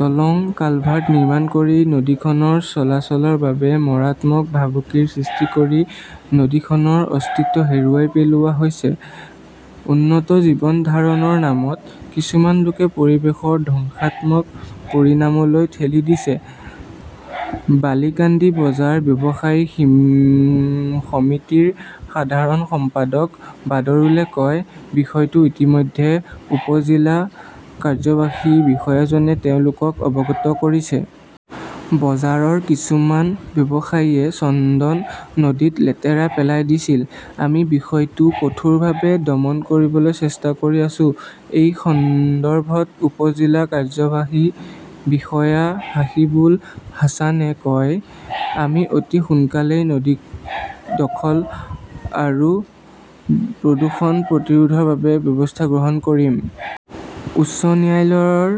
দলং-কালভাৰ্ট নিৰ্মাণ কৰি নদীখনৰ চলাচলৰ বাবে মাৰাত্মক ভাবুকিৰ সৃষ্টি কৰি নদীখনৰ অস্তিত্ব হেৰুৱাই পেলোৱা হৈছে। উন্নত জীৱন ধাৰণৰ নামত কিছুমান লোকে পৰিৱেশ ধ্বংসাত্মক পৰিণামলৈ ঠেলি দিছে। বালিয়াকান্দি বজাৰ ব্যৱসায়ী সমিতিৰ সাধাৰণ সম্পাদক বাদৰুলে কয়, বিষয়টো ইতিমধ্যে উপ-জিলা কাৰ্যবাহী বিষয়াজনে তেওঁলোকক অৱগত কৰিছে। বজাৰৰ কিছুমান ব্যৱসায়ীয়ে চন্দন নদীত লেতেৰা পেলাই দিছিল। আমি বিষয়টো কঠোৰভাৱে দমন কৰিবলৈ চেষ্টা কৰি আছো। এই সন্দৰ্ভত উপ-জিলা কাৰ্যবাহী বিষয়া হাসিবুল হাছানে কয়, আমি অতি সোনকালেই নদী দখল আৰু প্ৰদূষণ প্ৰতিৰোধৰ বাবে ব্যৱস্থা গ্ৰহণ কৰিম। উচ্চ ন্যায়ালয়ৰ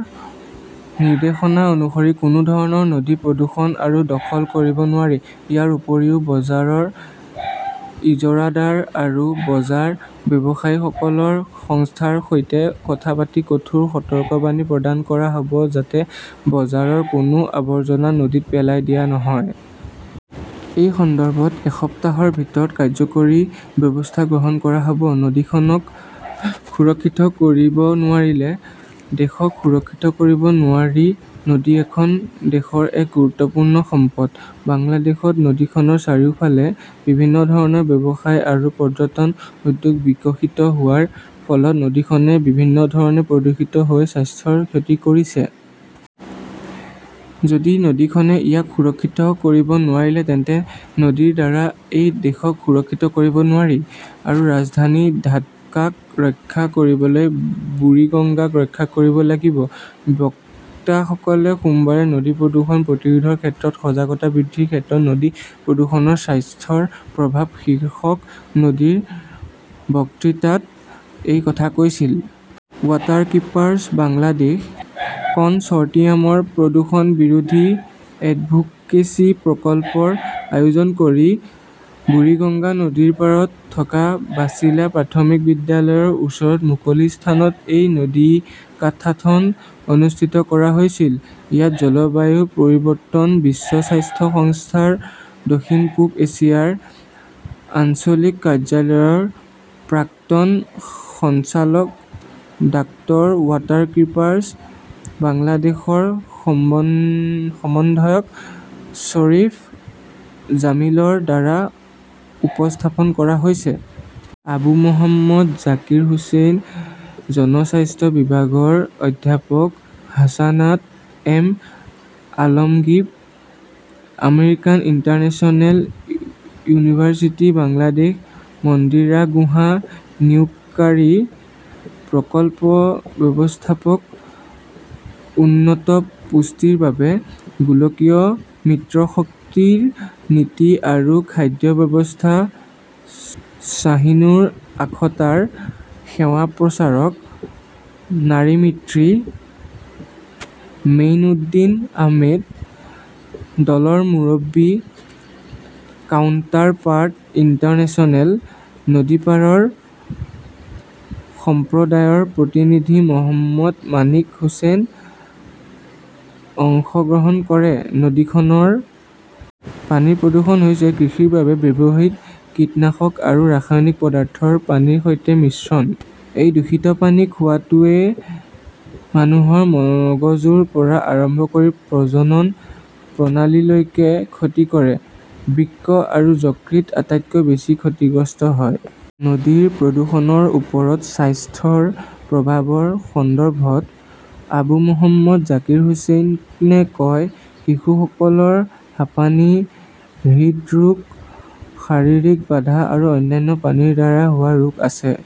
নিৰ্দেশনা অনুসৰি কোনো ধৰণৰ নদী প্ৰদূষণ আৰু দখল কৰিব নোৱাৰি। ইয়াৰ উপৰিও বজাৰৰ ইজৰাদাৰ আৰু বজাৰ ব্যৱসায়ীসকলৰ সংস্থাৰ সৈতে কথা পাতি কঠোৰ সতৰ্কবাণী প্ৰদান কৰা হ'ব যাতে বজাৰৰ কোনো আৱৰ্জনা নদীত পেলাই দিয়া নহয়। এই সন্দৰ্ভত এসপ্তাহৰ ভিতৰত কাৰ্যকৰী ব্যৱস্থা গ্ৰহণ কৰা হ'ব। নদীখনক সুৰক্ষিত কৰিব নোৱাৰিলে, দেশক সুৰক্ষিত কৰিব নোৱাৰি নদী এখন দেশৰ এক গুৰুত্বপূৰ্ণ সম্পদ। বাংলাদেশত নদীখনৰ চাৰিওফালে বিভিন্ন ধৰণৰ ব্যৱসায় আৰু পৰ্যটন উদ্যোগ বিকশিত হোৱাৰ ফলত নদীখনে বিভিন্ন ধৰণে প্ৰদূষিত হৈ স্বাস্থ্যৰ ক্ষতি কৰিছে। যদি নদীখনে ইয়াক সুৰক্ষিত কৰিব নোৱাৰে তেন্তে নদীৰ দ্বাৰা এই দেশক সুৰক্ষিত কৰিব নোৱাৰি। আৰু ৰাজধানী ঢাকাক ৰক্ষা কৰিবলৈ বুৰিগংগাক ৰক্ষা কৰিব লাগিব। বক্তাসকলে সোমবাৰে নদী প্ৰদূষণ প্ৰতিৰোধৰ ক্ষেত্ৰত সজাগতা বৃদ্ধিৰ ক্ষেত্ৰত নদী প্ৰদূষণৰ স্বাস্থ্যৰ প্ৰভাৱ শীৰ্ষক নদীৰ বক্তৃতাত এই কথা কৈছিল। ৱাটাৰকিপাৰ্ছ বাংলাদেশ কনচৰ্টিয়ামৰ প্ৰদূষণ বিৰোধী এডভোকেচি প্ৰকল্পৰ আয়োজন কৰি বুৰিগঙ্গা নদীৰ পাৰত থকা বাচিলা প্ৰাথমিক বিদ্যালয়ৰ ওচৰৰ মুকলি স্থানত এই নদীকাথাথন অনুষ্ঠিত কৰা হৈছিল। ইয়াত জলবায়ু পৰিৱৰ্তন, বিশ্ব স্বাস্থ্য সংস্থাৰ দক্ষিণ-পূব এছিয়াৰ আঞ্চলিক কাৰ্যালয়ৰ প্ৰাক্তন সঞ্চালক ডাঃৱাটাৰকীপাৰ্ছ বাংলাদেশৰ সমন্বয়ক শ্বৰীফ জামিলৰ দ্বাৰা উপস্থাপন কৰা হৈছে। আবু মহম্মদ জাকিৰ হোসেন, জনস্বাস্থ্য বিভাগৰ অধ্যাপক Hasanat M. Alamgir, American International University Bangladesh, Mandira Guha নিয়োগকাৰী, প্ৰকল্প ব্যৱস্থাপক, উন্নত পুষ্টিৰ বাবে গোলকীয় মিত্ৰশক্তিৰ নীতি আৰু খাদ্য ব্যৱস্থা, শ্বাহিনূৰ আখতাৰ, সেৱা প্ৰচাৰক, নাৰী মিত্ৰী, মেইনউদ্দিন আহমেদ, দলৰ মুৰব্বী, কাউণ্টাৰপাৰ্ট ইণ্টাৰনেশ্যনেল, নদীপাৰৰ সম্প্ৰদায়ৰ প্ৰতিনিধি মহম্মদ মাণিক হুসেনে অংশগ্ৰহণ কৰে। নদীখনৰ পানীৰ প্ৰদূষণ হৈছে কৃষিৰ বাবে ব্যৱহৃত কীটনাশক আৰু ৰাসায়নিক পদাৰ্থৰ পানীৰ সৈতে মিশ্ৰণ। এই দূষিত পানী খোৱাটোৱে মানুহৰ মগজুৰ পৰা আৰম্ভ কৰি প্ৰজনন প্ৰণালীলৈকে ক্ষতি কৰে। বৃক্ক আৰু যকৃত আটাইতকৈ বেছি ক্ষতিগ্ৰস্ত হয়। নদীৰ প্ৰদূষণৰ ওপৰত স্বাস্থ্যৰ প্ৰভাৱৰ সন্দৰ্ভত। আবু মহম্মদ জাকিৰ হুচেইনে কয়, শিশুসকলৰ হাপানী, হৃদৰোগ, শাৰীৰিক বাধা আৰু অন্যান্য পানীৰ দ্বাৰা হোৱা ৰোগ আছে।